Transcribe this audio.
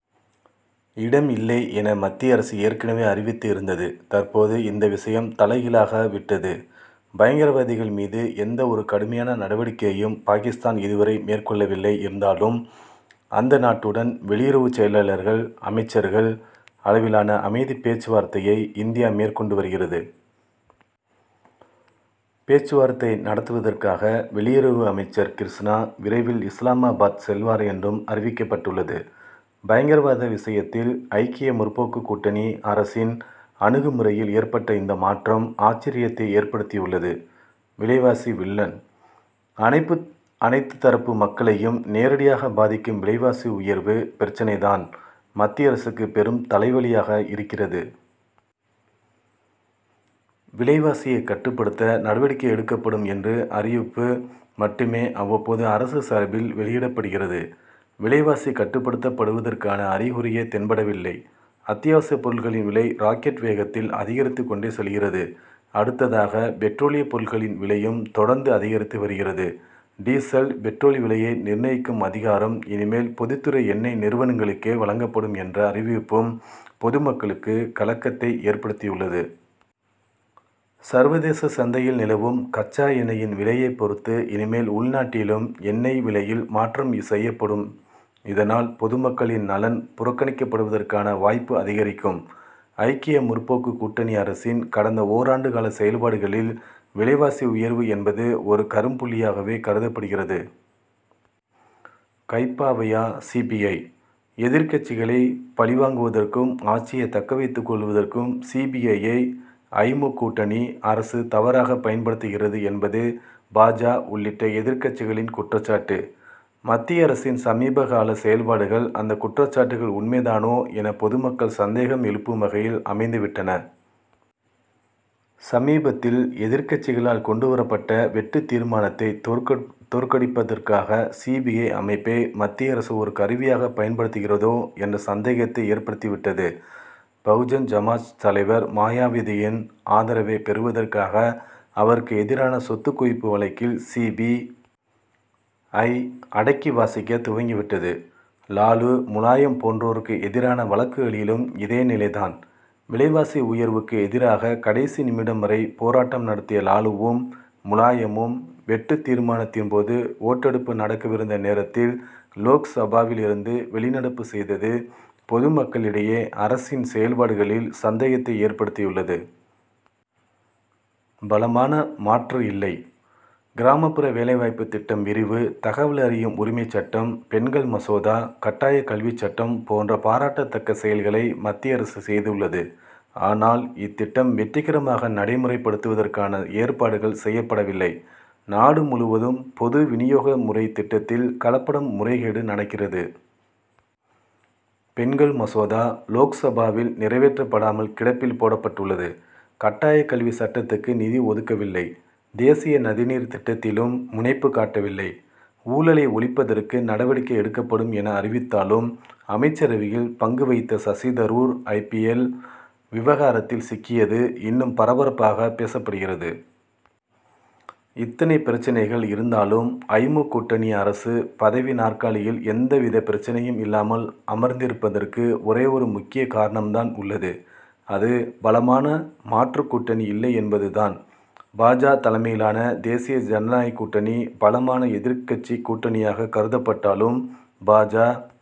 இடம் இல்லை'என, மத்திய அரசு ஏற்கனவே அறிவித்து இருந்தது. தற்போது இந்த விஷயம் தலைகீழாக விட்டது. பயங்கரவாதிகள் மீது எந்த ஒரு கடுமையான நடவடிக்கையையும் பாகிஸ்தான் இதுவரை மேற்கொள்ளவில்லை. இருந்தாலும், அந்த நாட்டுடன் வெளியுறவு செயலர்கள், அமைச்சர்கள் அளவிலான அமைதி பேச்சுவார்த்தையை இந்தியா மேற்கொண்டு வருகிறது. பேச்சுவார்த்தை நடத்துவதற்காக வெளியுறவு அமைச்சர் கிருஷ்ணா, விரைவில் இஸ்லாமாபாத் செல்வார் என்றும் அறிவிக்கப்பட்டுள்ளது. பயங்கரவாத விஷயத்தில் ஐக்கிய முற்போக்கு கூட்டணி அரசின் அணுகுமுறையில் ஏற்பட்ட இந்த மாற்றம், ஆச்சர்யத்தை ஏற்படுத்தியுள்ளது. விலைவாசி வில்லன்: அனைத்து தரப்பு மக்களையும் நேரடியாக பாதிக்கும் விலைவாசி உயர்வு பிரச்னை தான், மத்திய அரசுக்கு பெரும் தலைவலியாக இருக்கிறது. விலைவாசியை கட்டுப்படுத்த நடவடிக்கை எடுக்கப்படும் என்ற அறிவிப்பு மட்டுமே, அவ்வப்போது அரசு சார்பில் வெளியிடப்படுகிறது. விலைவாசி கட்டுப்படுத்தப் படுவதற்கான அறிகுறியே தென்படவில்லை. அத்தியாவசியப் பொருட்களின் விலை ராக்கெட் வேகத்தில் அதிகரித்துக் கொண்டே செல்கிறது. அடுத்ததாக, பெட்ரோலிய பொருட்களின் விலையும் தொடர்ந்து அதிகரித்து வருகிறது. டீசல், பெட்ரோல் விலையை நிர்ணயிக்கும் அதிகாரம், இனிமேல் பொதுத் துறை எண்ணெய் நிறுவனங்களுக்கே வழங்கப்படும் என்ற அறிவிப்பும், பொதுமக்களுக்கு கலக்கத்தை ஏற்படுத்தியுள்ளது. சர்வதேச சந்தையில் நிலவும் கச்சா எண்ணெயின் விலையை பொறுத்து, இனிமேல் உள்நாட்டிலும் எண்ணெய் விலையில் மாற்றம் செய்யப்படும். இதனால், பொதுமக்களின் நலன் புறக்கணிக்கப்படுவதற்கான வாய்ப்பு அதிகரிக்கும். ஐக்கிய முற்போக்கு கூட்டணி அரசின் கடந்த ஓராண்டு கால செயல்பாடுகளில், விலைவாசி உயர்வு என்பது ஒரு கரும்புள்ளியாகவே கருதப்படுகிறது. கைப்பாவையா சி. பி. ஐ.,? எதிர்க்கட்சிகளை பழி வாங்குவதற்கும், ஆட்சியை தக்க வைத்துக் கொள்வதற்கும் சி. பி. ஐ.,யை ஐ. மு., கூட்டணி அரசு தவறாக பயன்படுத்துகிறது'என்பது பா. ஜ., உள்ளிட்ட எதிர்க்கட்சிகளின் குற்றச் சாட்டு. மத்திய அரசின் சமீபகால செயல்பாடுகள், அந்த குற்றச்சாட்டுகள் உண்மைதானோ என, பொதுமக்கள் சந்தேகம் எழுப்பும் வகையில் அமைந்து விட்டன. சமீபத்தில் எதிர்க்கட்சிகளால் கொண்டு வரப்பட்ட வெட்டுத் தீர்மானத்தை தோற் தோற்கடிப்பதற்காக, சி. பி. ஐ., அமைப்பை மத்திய அரசு ஒரு கருவியாக பயன்படுத்துகிறதோ என்ற சந்தேகத்தை ஏற்படுத்தி விட்டது. பகுஜன் சமாஜ் தலைவர் மாயாவதியின் ஆதரவை பெறுவதற்காக, அவருக்கு எதிரான சொத்துக் குவிப்பு வழக்கில் சி. பி. ஐ., அடக்கி வாசிக்கத் துவங்கி விட்டது. லாலு, முலாயம் போன்றோருக்கு எதிரான வழக்குகளிலும் இதே நிலை தான். விலைவாசி உயர்வுக்கு எதிராக கடைசி நிமிடம் வரை, போராட்டம் நடத்திய லாலுவும், முலாயமும், வெட்டுத் தீர்மானத்தின் போது ஓட்டெடுப்பு நடக்கவிருந்த நேரத்தில் லோக்சபாவில் இருந்து வெளிநடப்பு செய்தது, பொதுமக்களிடையே அரசின் செயல்பாடுகளில் சந்தேகத்தை ஏற்படுத்தியுள்ளது. பலமான மாற்று இல்லை: கிராமப்புற வேலை வாய்ப்பு திட்டம் விரிவு, தகவல் அறியும் உரிமைச் சட்டம், பெண்கள் மசோதா, கட்டாய கல்வி சட்டம் போன்ற பாராட்டத் தக்க செயல்களை மத்திய அரசு செய்துள்ளது. ஆனால், இத்திட்டம் வெற்றிகரமாக நடைமுறைப்படுத்துவதற்கான ஏற்பாடுகள் செய்யப்படவில்லை. நாடு முழுவதும் பொது வினியோக முறை திட்டத்தில் கலப்படம், முறைகேடு நடக்கிறது. பெண்கள் மசோதா லோக்சபாவில் நிறைவேற்றப்படாமல் கிடப்பில் போடபட்டுள்ளது. கட்டாய கல்வி சட்டத்துக்கு நிதி ஒதுக்கவில்லை. தேசிய நதி நீர் திட்டத்திலும் முனைப்பு காட்டவில்லை. ஊழலை ஒழிப்பதற்கு நடவடிக்கை எடுக்கப்படும் என, அறிவித்தாலும், அமைச்சரவையில் பங்கு வகித்த Shashi Tharoor, I. P. L., விவகாரத்தில் சிக்கியது இன்னும் பரபரப்பாக பேசப்படுகிறது. இத்தனை பிரச்னைகள் இருந்தாலும், ஐ. மு., கூட்டணி அரசு பதவி நாற்காலியில் எந்த வித பிரச்னையும் இல்லாமல் அமர்ந்திருப்பதற்கு ஒரே ஒரு முக்கிய காரணம் தான் உள்ளது. அது பலமான மாற்று கூட்டணி இல்லை என்பது தான். பா. ஜ., தலைமையிலான தேசிய ஜனநாயக கூட்டணி பலமான எதிர்க்கட்சி கூட்டணியாக கருதப்பட்டாலும், பா. ஜ.